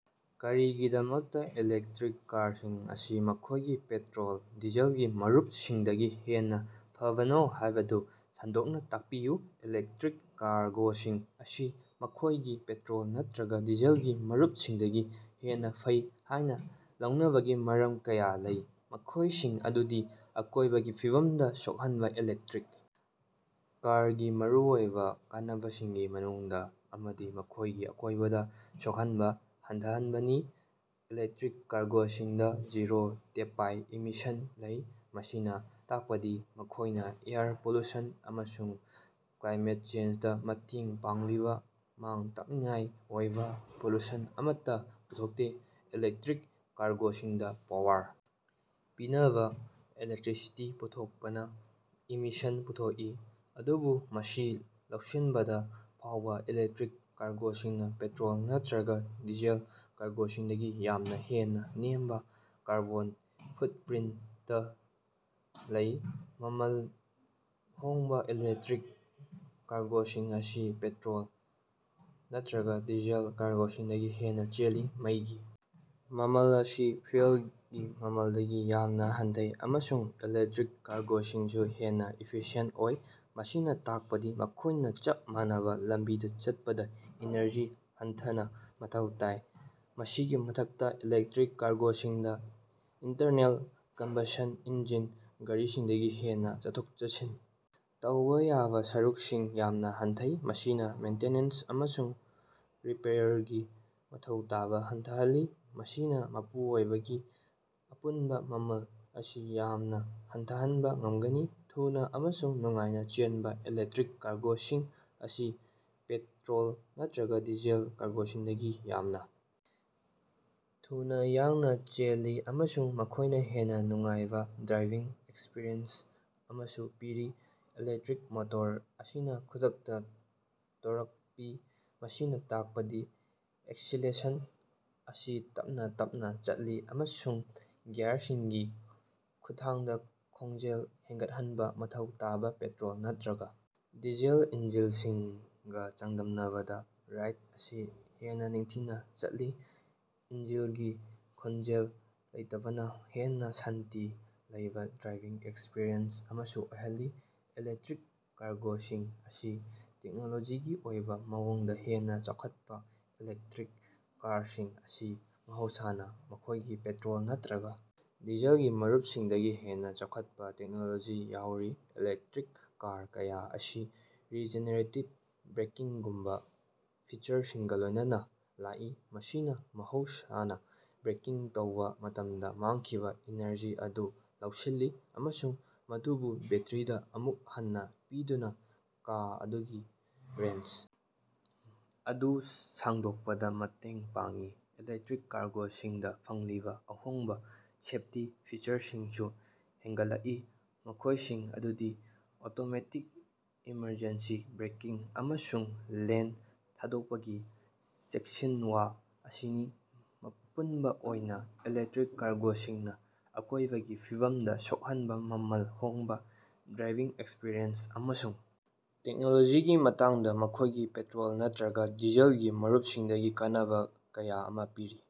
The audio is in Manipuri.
ꯀꯔꯤꯒꯤꯗꯃꯛꯇꯥ ꯏꯂꯦꯛꯇꯔꯤꯛ ꯀꯥꯔꯁꯤꯡ ꯑꯁꯤ ꯃꯈꯣꯏꯒꯤ ꯄꯦꯠꯇꯔꯣꯜ/ꯗꯤꯖꯜꯒꯤ ꯃꯔꯨꯞꯁꯤꯡꯗꯒꯤ ꯍꯦꯟꯅꯥ ꯐꯕꯅꯣ ꯍꯥꯏꯕꯗꯨ ꯁꯟꯗꯣꯛꯅꯥ ꯇꯥꯛꯄꯤꯌꯨ꯫ ꯏꯂꯦꯛꯇꯔꯤꯛ ꯀꯥꯔꯒꯣꯁꯤꯡ ꯑꯁꯤ ꯃꯈꯣꯏꯒꯤ ꯄꯦꯠꯇꯔꯣꯜ ꯅꯠꯇ꯭ꯔꯒꯥ ꯗꯤꯖꯜꯒꯤ ꯃꯔꯨꯞꯁꯤꯡꯗꯒꯤ ꯍꯦꯟꯅꯥ ꯐꯩ ꯍꯥꯏꯅꯥ ꯂꯧꯅꯕꯒꯤ ꯃꯔꯝ ꯀꯌꯥ ꯂꯩ, ꯃꯈꯣꯏꯁꯤꯡ ꯑꯗꯨꯗꯤ: ꯑꯀꯣꯏꯕꯒꯤ ꯐꯤꯕꯝꯗꯥ ꯁꯣꯛꯍꯟꯕꯥ: ꯏꯂꯦꯛꯇꯔꯤꯛ ꯀꯥꯔꯒꯤ ꯃꯔꯨꯑꯣꯏꯕꯥ ꯀꯥꯟꯅꯕꯁꯤꯡꯒꯤ ꯃꯅꯨꯡꯗꯥ ꯑꯃꯗꯤ ꯃꯈꯣꯏꯒꯤ ꯑꯀꯣꯏꯕꯗꯥ ꯁꯣꯛꯍꯟꯕꯥ ꯍꯟꯊꯍꯟꯕꯅꯤ꯫ ꯏꯂꯦꯛꯇꯔꯤꯛ ꯀꯥꯔꯒꯣꯁꯤꯡꯗꯥ ꯖꯤꯔꯣ ꯇꯦꯞꯄꯥꯏꯞ ꯏꯃꯤꯁꯟ ꯂꯩ, ꯃꯁꯤꯅꯥ ꯇꯥꯛꯄꯗꯤ ꯃꯈꯣꯏꯅꯥ ꯑꯦꯌꯔ ꯄꯣꯂꯨꯁꯟ ꯑꯃꯁꯨꯡ ꯀ꯭ꯂꯥꯏꯃꯦꯠ ꯆꯦꯟꯖꯗꯥ ꯃꯇꯦꯡ ꯄꯥꯡꯂꯤꯕꯥ ꯃꯥꯡ-ꯇꯥꯛꯅꯤꯡꯉꯥꯏ ꯑꯣꯏꯕꯥ ꯄꯣꯂꯨꯁꯟ ꯑꯃꯠꯇꯥ ꯄꯨꯊꯣꯛꯇꯦ꯫ ꯏꯂꯦꯛꯇꯔꯤꯛ ꯀꯥꯔꯒꯣꯁꯤꯡꯗꯥ ꯄꯥꯋꯔ ꯄꯤꯅꯕꯥ ꯏꯂꯦꯛꯇꯔꯤꯁꯤꯇꯤ ꯄꯨꯊꯣꯛꯄꯅꯥ ꯏꯃꯤꯁꯟ ꯄꯨꯊꯣꯛꯏ, ꯑꯗꯨꯕꯨ ꯃꯁꯤ ꯂꯧꯁꯤꯟꯕꯗꯥ ꯐꯥꯎꯕꯥ ꯏꯂꯦꯛꯇꯔꯤꯛ ꯀꯥꯔꯒꯣꯁꯤꯡꯅꯥ ꯄꯦꯇꯔꯣꯜ ꯅꯠꯇ꯭ꯔꯒꯥ ꯗꯤꯖꯦꯜ ꯀꯥꯔꯒꯣꯁꯤꯡꯗꯒꯤ ꯌꯥꯝꯅꯥ ꯍꯦꯟꯅꯥ ꯅꯦꯝꯕꯥ ꯀꯥꯔꯕꯣꯟ ꯐꯨꯠꯄꯔꯤꯟꯇ ꯂꯩ꯫ ꯃꯃꯜ ꯍꯣꯡꯕꯥ: ꯏꯂꯦꯛꯇꯔꯤꯛ ꯀꯥꯔꯒꯣꯁꯤꯡ ꯑꯁꯤ ꯄꯦꯇꯔꯣꯜ ꯅꯠꯇ꯭ꯔꯒꯥ ꯗꯤꯖꯦꯜ ꯀꯥꯔꯒꯣꯁꯤꯡꯗꯒꯤ ꯍꯦꯟꯅꯥ ꯆꯦꯜꯂꯤ꯫ ꯃꯩꯒꯤ ꯃꯃꯜ ꯑꯁꯤ ꯐ꯭ꯌꯨꯑꯦꯜꯒꯤ ꯃꯃꯜꯗꯒꯤ ꯌꯥꯝꯅꯥ ꯍꯟꯊꯩ, ꯑꯃꯁꯨꯡ ꯏꯂꯦꯛꯇꯔꯤꯛ ꯀꯥꯔꯒꯣꯁꯤꯡꯁꯨ ꯍꯦꯟꯅꯥ ꯏꯐꯤꯁꯤꯑꯦꯟꯇ ꯑꯣꯏ, ꯃꯁꯤꯅꯥ ꯇꯥꯛꯄꯗꯤ ꯃꯈꯣꯏꯅꯥ ꯆꯞ ꯃꯥꯟꯅꯕꯥ ꯂꯝꯕꯤꯗꯥ ꯆꯠꯄꯗꯥ ꯏꯅꯔꯖꯤ ꯍꯟꯊꯅꯥ ꯃꯊꯧ ꯇꯥꯏ꯫ ꯃꯁꯤꯒꯤ ꯃꯊꯛꯇꯥ, ꯏꯂꯦꯛꯇꯔꯤꯛ ꯀꯥꯔꯒꯣꯁꯤꯡꯗꯥ ꯏꯟꯇꯔꯅꯦꯜ ꯀꯝꯕꯁꯟ ꯏꯟꯖꯤꯟ ꯒꯥꯔꯤꯁꯤꯡꯗꯒꯤ ꯍꯦꯟꯅꯥ ꯆꯠꯊꯣꯛ-ꯆꯠꯁꯤꯟ ꯇꯧꯕꯥ ꯌꯥꯕꯥ ꯁꯔꯨꯛꯁꯤꯡ ꯌꯥꯝꯅꯥ ꯍꯟꯊꯩ, ꯃꯁꯤꯅꯥ ꯃꯦꯟꯇꯦꯅꯦꯟꯁ ꯑꯃꯁꯨꯡ ꯔꯤꯄꯦꯌꯔꯒꯤ ꯃꯊꯧ ꯇꯥꯕꯥ ꯍꯟꯊꯍꯜꯂꯤ, ꯃꯁꯤꯅꯥ ꯃꯄꯨ ꯑꯣꯏꯕꯒꯤ ꯑꯄꯨꯟꯕꯥ ꯃꯃꯜ ꯑꯁꯤ ꯌꯥꯝꯅꯥ ꯍꯟꯊꯍꯟꯕꯥ ꯉꯝꯒꯅꯤ꯫ ꯊꯨꯅꯥ ꯑꯃꯁꯨꯡ ꯅꯨꯡꯉꯥꯏꯅꯥ ꯆꯦꯟꯕꯥ: ꯏꯂꯦꯛꯇꯔꯤꯛ ꯀꯥꯔꯒꯣꯁꯤꯡ ꯑꯁꯤ ꯄꯦꯇꯔꯣꯜ ꯅꯠꯇ꯭ꯔꯒꯥ ꯗꯤꯖꯦꯜ ꯀꯥꯔꯒꯣꯁꯤꯡꯗꯒꯤ ꯌꯥꯝꯅꯥ ꯊꯨꯅꯥ ꯌꯥꯡꯅꯥ ꯆꯦꯜꯂꯤ, ꯑꯃꯁꯨꯡ ꯃꯈꯣꯏꯅꯥ ꯍꯦꯟꯅꯥ ꯅꯨꯡꯉꯥꯏꯕꯥ ꯗ꯭ꯔꯥꯏꯚꯤꯡ ꯑꯦꯛꯁꯄꯤꯔꯤꯑꯦꯟꯁ ꯑꯃꯁꯨ ꯄꯤꯔꯤ꯫ ꯏꯂꯦꯛꯇꯔꯤꯛ ꯃꯣꯇꯣꯔ ꯑꯁꯤꯅꯥ ꯈꯨꯗꯛꯇꯥ ꯇꯣꯔꯛ ꯄꯤ, ꯃꯁꯤꯅꯥ ꯇꯥꯛꯄꯗꯤ ꯑꯦꯛꯁꯤꯂꯦꯁꯟ ꯑꯁꯤ ꯇꯞꯅꯥ ꯇꯞꯅꯥ ꯆꯠꯂꯤ ꯑꯃꯁꯨꯡ ꯒꯤꯌꯔꯁꯤꯡꯒꯤ ꯈꯨꯠꯊꯥꯡꯗꯥ ꯈꯣꯡꯖꯦꯜ ꯍꯦꯟꯒꯠꯍꯟꯕꯥ ꯃꯊꯧ ꯇꯥꯕꯥ ꯄꯦꯇꯔꯣꯜ ꯅꯠꯇ꯭ꯔꯒꯥ ꯗꯤꯖꯦꯜ ꯏꯟꯖꯤꯟꯁꯤꯡꯒꯥ ꯆꯥꯡꯗꯝꯅꯕꯗꯥ ꯔꯥꯏꯗ ꯑꯁꯤ ꯍꯦꯟꯅꯥ ꯅꯤꯡꯊꯤꯅꯥ ꯆꯠꯂꯤ꯫ ꯏꯟꯖꯤꯒꯤ ꯈꯣꯟꯖꯦꯜ ꯂꯩꯇꯕꯅꯥ ꯍꯦꯟꯅꯥ ꯁꯥꯟꯇꯤ ꯂꯩꯕꯥ ꯗ꯭ꯔꯥꯏꯚꯤꯡ ꯑꯦꯛꯁꯄꯤꯔꯤꯑꯦꯟꯁ ꯑꯃꯁꯨ ꯑꯣꯏꯍꯜꯂꯤ꯫ ꯏꯂꯦꯛꯇꯔꯤꯛ ꯀꯥꯔꯒꯣꯁꯤꯡ ꯑꯁꯤ ꯇꯦꯛꯅꯣꯂꯣꯖꯤꯒꯤ ꯑꯣꯏꯕꯥ ꯃꯑꯣꯡꯗꯥ ꯍꯦꯟꯅꯥ ꯆꯥꯎꯈꯠꯄꯥ: ꯏꯂꯦꯛꯇꯔꯤꯛ ꯀꯥꯔꯁꯤꯡ ꯑꯁꯤ ꯃꯍꯧꯁꯥꯅꯥ ꯃꯈꯣꯏꯒꯤ ꯄꯦꯇꯔꯣꯜ ꯅꯠꯇ꯭ꯔꯒꯥ ꯗꯤꯖꯜꯒꯤ ꯃꯔꯨꯞꯁꯤꯡꯗꯒꯤ ꯍꯦꯟꯅꯥ ꯆꯥꯎꯈꯠꯄꯥ ꯇꯦꯛꯅꯣꯂꯣꯖꯤ ꯌꯥꯎꯔꯤ꯫ ꯏꯂꯦꯛꯇꯔꯤꯛ ꯀꯥꯔ ꯀꯌꯥ ꯑꯁꯤ ꯔꯤꯖꯦꯅꯦꯔꯦꯇꯤꯕ ꯕ꯭ꯔꯦꯀꯤꯡꯒꯨꯝꯕꯥ ꯐꯤꯆꯔꯁꯤꯡꯒꯥ ꯂꯣꯏꯅꯅꯥ ꯂꯥꯛꯏ, ꯃꯁꯤꯅꯥ ꯃꯍꯧꯁꯥꯅꯥ ꯕ꯭ꯔꯦꯀꯤꯡ ꯇꯧꯕꯥ ꯃꯇꯝꯗꯥ ꯃꯥꯡꯈꯤꯕꯥ ꯏꯅꯔꯖꯤ ꯑꯗꯨ ꯂꯧꯁꯤꯜꯂꯤ ꯑꯃꯁꯨꯡ ꯃꯗꯨꯕꯨ ꯕꯦꯠꯇꯔꯤꯗꯥ ꯑꯃꯨꯛ ꯍꯟꯅꯥ ꯄꯤꯗꯨꯅꯥ ꯀꯥ ꯑꯗꯨꯒꯤ ꯔꯦꯟꯖ ꯑꯗꯨ ꯁꯥꯡꯗꯣꯛꯄꯗꯥ ꯃꯇꯦꯡ ꯄꯥꯡꯏ꯫ ꯏꯂꯦꯛꯇꯔꯤꯛ ꯀꯥꯔꯒꯣꯁꯤꯡꯗꯥ ꯐꯪꯂꯤꯕꯥ ꯑꯍꯣꯡꯕꯥ ꯁꯦꯐꯇꯤ ꯐꯤꯆꯔꯁꯤꯡꯁꯨ ꯍꯦꯟꯒꯠꯂꯛꯂꯤ, ꯃꯈꯣꯏꯁꯤꯡ ꯑꯗꯨꯗꯤ ꯑꯣꯇꯣꯃꯦꯇꯤꯛ ꯏꯃꯔꯖꯦꯟꯁꯤ ꯕ꯭ꯔꯦꯀꯤꯡ ꯑꯃꯁꯨꯡ ꯂꯦꯟ ꯊꯥꯗꯣꯛꯄꯒꯤ ꯆꯦꯛꯁꯤꯟꯋꯥ ꯑꯁꯤꯅꯤ꯫ ꯑꯄꯨꯟꯕꯥ ꯑꯣꯏꯅꯥ, ꯏꯂꯦꯛꯇꯔꯤꯛ ꯀꯥꯔꯒꯣꯁꯤꯡꯅꯥ ꯑꯀꯣꯏꯕꯒꯤ ꯐꯤꯕꯝꯗꯥ ꯁꯣꯛꯍꯟꯕꯥ, ꯃꯃꯜ ꯍꯣꯡꯕꯥ, ꯗ꯭ꯔꯥꯏꯚꯤꯡ ꯑꯦꯛꯁꯄꯤꯔꯤꯑꯦꯟꯁ, ꯑꯃꯁꯨꯡ ꯇꯦꯛꯅꯣꯂꯣꯖꯤꯒꯤ ꯃꯇꯥꯡꯗꯥ ꯃꯈꯣꯏꯒꯤ ꯄꯦꯇꯔꯣꯜ ꯅꯠꯇ꯭ꯔꯒꯥ ꯗꯤꯖꯜꯒꯤ ꯃꯔꯨꯄꯁꯤꯡꯗꯒꯤ ꯀꯥꯟꯅꯕꯥ ꯀꯌꯥ ꯑꯃꯥ ꯄꯤꯔꯤ꯫